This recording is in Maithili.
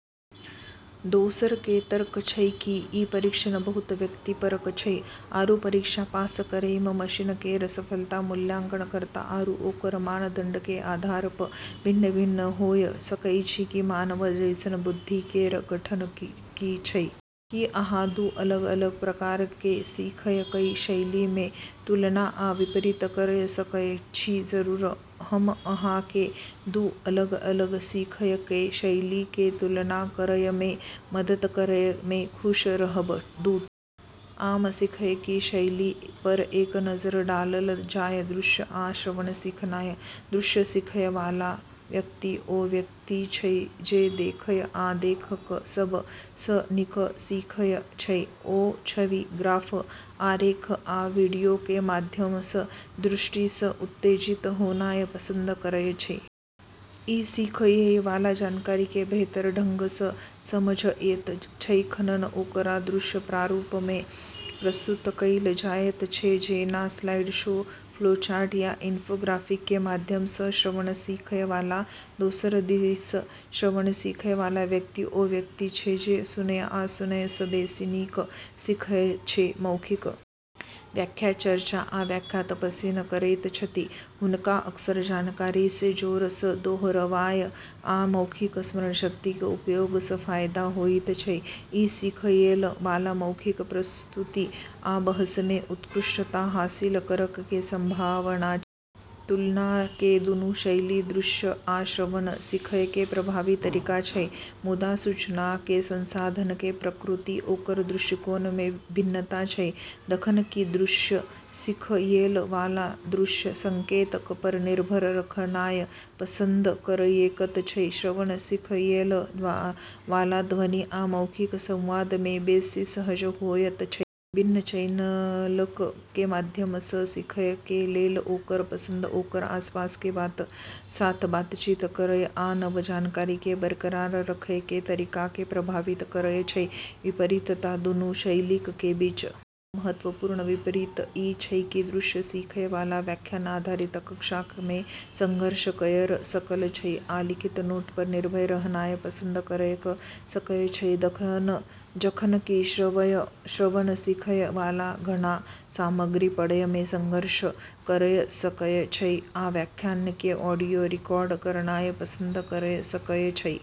दोसरऽ के तर्क छै कि ई परीक्षण बहुत व्यक्तिपरक छै, आरू परीक्षा पास करै मऽ मशीन केरऽ सफलता मूल्यांकनकर्ता आरू ओकरऽ मानदंड के आधार पऽ भिन्न-भिन्न होय सकै छै कि मानव जैसनऽ बुद्धि केरऽ गठन की छै। की अहां दू अलग-अलग प्रकार कें सीखय कें शैली के तुलना आ विपरीत करय सकय छी जरूर, हम अहाँ के दू अलग-अलग सीखय के शैली के तुलना करय मे मदद करय में खुश रहब ।दूटा आम सीखय के शैली पर एक नजर डालल जाय: दृश्य आ श्रवण सीखनाय ।दृश्य सीखय वाला व्यक्ति ओ व्यक्ति छै जे देखय आ देख क सब सऽ नीक सीखय छै। ओ छवि, ग्राफ, आरेख आ वीडियो के माध्यम सऽ दृष्टि सऽ उत्तेजित होनाय पसंद करय छै। इ सीखएय वाला जानकारी कें बेहतर ढंग सऽ समझएयत छै जखन ओकरा दृश्य प्रारूप मे प्रस्तुत कैल जायत छै, जेना स्लाइड शो, फ्लो चार्ट या इन्फोग्राफिक के माध्यम सऽ ।श्रवण सीखय वाला: दोसर दिस श्रवण सीखय वाला व्यक्ति ओ व्यक्ति छै जे सुनय आ सुनय सऽ बेसि नीक सीखय छै ।मौखिक व्याख्या, चर्चा, आ व्याख्यान पसिन करैत छथि। हुनका अक्सर जानकारी के जोर सऽ दोहरावय आ मौखिक स्मरणशक्ति के उपयोग सं फायदा होयत छै। इ सीखएय वाला मौखिक प्रस्तुति आ बहस मे उत्कृष्टता हासिल करय कें संभावना छै। तुलना: सीखय के दूनू शैली – दृश्य आ श्रवण – सीखय के प्रभावी तरीका छै, मुदा सूचना के संसाधन के प्रति ओकर दृष्टिकोण मे भिन्नता छै। जखन कि दृश्य सीखएय वाला दृश्य संकेतक पर निर्भर रहनाय पसंद करएयत छै, श्रवण सीखएय वाला ध्वनि आ मौखिक संवाद मे बेसि सहज होयत छै। विभिन्न चैनलक कें माध्यम सऽ सीखय के लेल ओकर पसंद ओकर आसपास कें साथ बातचीत करय आ नव जानकारी के बरकरार रखय कें तरीका कें प्रभावित करय छै ।विपरीतता: दूनू शैलीक के बीच एकटा महत्वपूर्ण विपरीत इ छै की दृश्य सीखय वाला व्याख्यान आधारित कक्षाक मे संघर्ष कयर सकय छै आ लिखित नोट पर निर्भर रहनाय पसंद कयर सकय छै, जखन कि श्रवण सीखय वाला घना सामग्री पढ़य मे संघर्ष करय सकय छै आ व्याख्यान के ऑडियो रिकॉर्डिंग करनाय पसंद करय सकय छै।